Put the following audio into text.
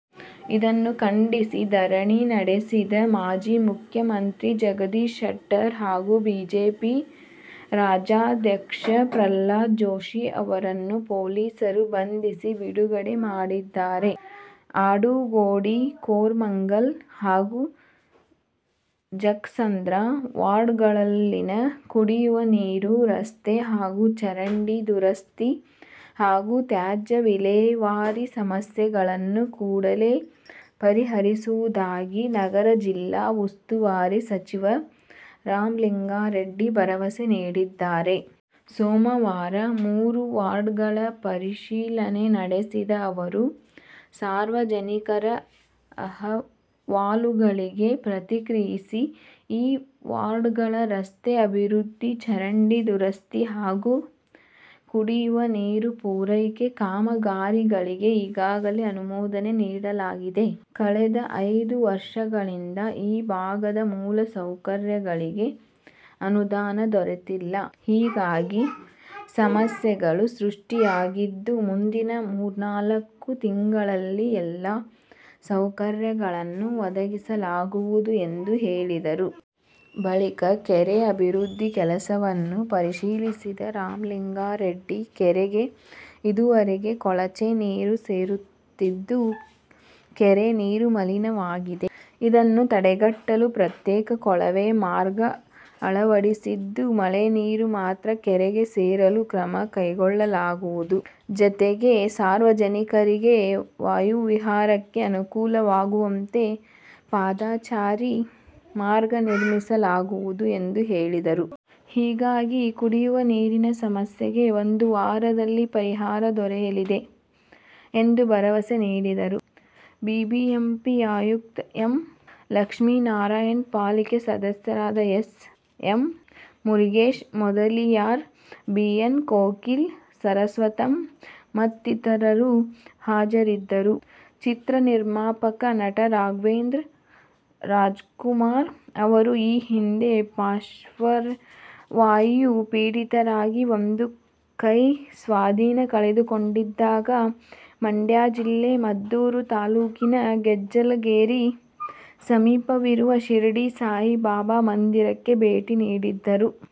ಇದನ್ನು ಖಂಡಿಸಿ ಧರಣಿ ನಡೆಸಿದ ಮಾಜಿ ಮುಖ್ಯಮಂತ್ರಿ ಜಗದೀಶ ಶೆಟ್ಟರ್ ಹಾಗೂಬಿಜೆಪಿ ರಾಜ್ಯಾಧ್ಯಕ್ಷ ಪ್ರಹ್ಲಾದ ಜೋಶಿ ಅವರನ್ನು ಪೊಲೀಸರು ಬಂಧಿಸಿ ಬಿಡುಗಡೆ ಮಾಡಿದ್ದಾರೆ. ಆಡುಗೋಡಿ, ಕೋರಮಂಗಲ ಹಾಗೂ ಜಕ್ಕಸಂದ್ರ ವಾರ್ಡ್ಗಳಲ್ಲಿನ ಕುಡಿಯುವ ನೀರು, ರಸ್ತೆ ಹಾಗೂ ಚರಂಡಿ ದುರಸ್ತಿ ಹಾಗೂ ತ್ಯಾಜ್ಯ ವಿಲೇವಾರಿ ಸಮಸ್ಯೆಗಳನ್ನು ಕೂಡಲೇ ಪರಿಹರಿಸುವುದಾಗಿ ನಗರ ಜಿಲ್ಲಾ ಉಸ್ತುವಾರಿ ಸಚಿವ ರಾಮಲಿಂಗಾರೆಡ್ಡಿ ಭರವಸೆ ನೀಡಿದ್ದಾರೆ. ಸೋಮವಾರ ಮೂರೂ ವಾರ್ಡ್ಗಳ ಪರಿಶೀಲನೆ ನಡೆಸಿದ ಅವರು, ಸಾರ್ವಜನಿಕರ ಅಹವಾಲುಗಳಿಗೆ ಪ್ರತಿಕ್ರಿಯಿಸಿ, ಈ ವಾರ್ಡ್ಗಳ ರಸ್ತೆ ಅಭಿವೃದ್ಧಿ, ಚರಂಡಿ ದುರಸ್ತಿ ಹಾಗೂ ಕುಡಿಯುವ ನೀರು ಪೂರೈಕೆ ಕಾಮಗಾರಿಗಳಿಗೆ ಈಗಾಗಲೇ ಅನುಮೋದನೆ ನೀಡಲಾಗಿದೆ. ಕಳೆದ ಐದು ವರ್ಷಗಳಿಂದ ಈ ಭಾಗದ ಮೂಲ ಸೌಕರ್ಯಗಳಿಗೆ ಅನುದಾನ ದೊರೆತಿಲ್ಲ. ಹೀಗಾಗಿ, ಸಮಸ್ಯೆಗಳು ಸೃಷ್ಟಿಯಾಗಿದ್ದು ಮುಂದಿನ ಮೂರ್ನಾಲ್ಕು ತಿಂಗಳಲ್ಲಿ ಎಲ್ಲಾ ಸೌಕರ್ಯಗಳನ್ನೂ ಒದಗಿಸಲಾಗುವುದು ಎಂದು ಹೇಳಿದರು. ಬಳಿಕ ಕೆರೆ ಅಭಿವೃದ್ಧಿ ಕೆಲಸವನ್ನು ಪರಿಶೀಲಿಸಿದ ರಾಮಲಿಂಗಾರೆಡ್ಡಿ, ಕೆರೆಗೆ ಇದುವರೆಗೆ ಕೊಳಚೆ ನೀರು ಸೇರುತ್ತಿದ್ದು ಕೆರೆ ನೀರು ಮಲಿನವಾಗಿದೆ. ಇದನ್ನು ತಡೆಗಟ್ಟಲು ಪ್ರತ್ಯೇಕ ಕೊಳವೆ ಮಾರ್ಗ ಅಳವಡಿಸಿದ್ದು, ಮಳೆ ನೀರು ಮಾತ್ರ ಕೆರೆಗೆ ಸೇರಲು ಕ್ರಮ ಕೈಗೊಳ್ಳಲಾಗುವುದು. ಜತೆಗೆ, ಸಾರ್ವಜನಿಕರಿಗೆ ವಾಯುವಿಹಾರಕ್ಕೆ ಅನುಕೂಲವಾಗುವಂತೆ ಪಾದಚಾರಿ ಮಾರ್ಗ ನಿರ್ಮಿಸಲಾಗುವುದು ಎಂದು ಹೇಳಿದರು. ಹೀಗಾಗಿ ಕುಡಿಯುವ ನೀರಿನ ಸಮಸ್ಯೆಗೆ ಒಂದು ವಾರದಲ್ಲಿ ಪರಿಹಾರ ದೊರೆಯಲಿದೆ ಎಂದು ಭರವಸೆ ನೀಡಿದರು. ಬಿಬಿಎಂಪಿ ಆಯುಕ್ತ ಎಂ. ಲಕ್ಷ್ಮೀನಾರಾಯಣ, ಪಾಲಿಕೆ ಸದಸ್ಯರಾದ S. M. Murugesh Mudaliar, B. N. Kokila, Saraswathamma ಮತ್ತಿತರರು ಹಾಜರಿದ್ದರು. ಚಿತ್ರ ನಿರ್ಮಾಪಕ, ನಟ ರಾಘವೇಂದ್ರ ರಾಜ್ಕುಮಾರ್ ಅವರು ಈ ಹಿಂದೆ ಪಾರ್ಶ್ವವಾಯು ಪೀಡಿತರಾಗಿ ಒಂದು ಕೈಯ ಸ್ವಾಧೀನ ಕಳೆದುಕೊಂಡಿದ್ದಾಗ ಮಂಡ್ಯ ಜಿಲ್ಲೆ ಮದ್ದೂರು ತಾಲೂಕಿನ ಗೆಜ್ಜಲಗೆರೆ ಸಮೀಪವಿರುವ ಶಿರಡಿ ಸಾಯಿಬಾಬಾ ಮಂದಿರಕ್ಕೆ ಭೇಟಿ ನೀಡಿದ್ದರು.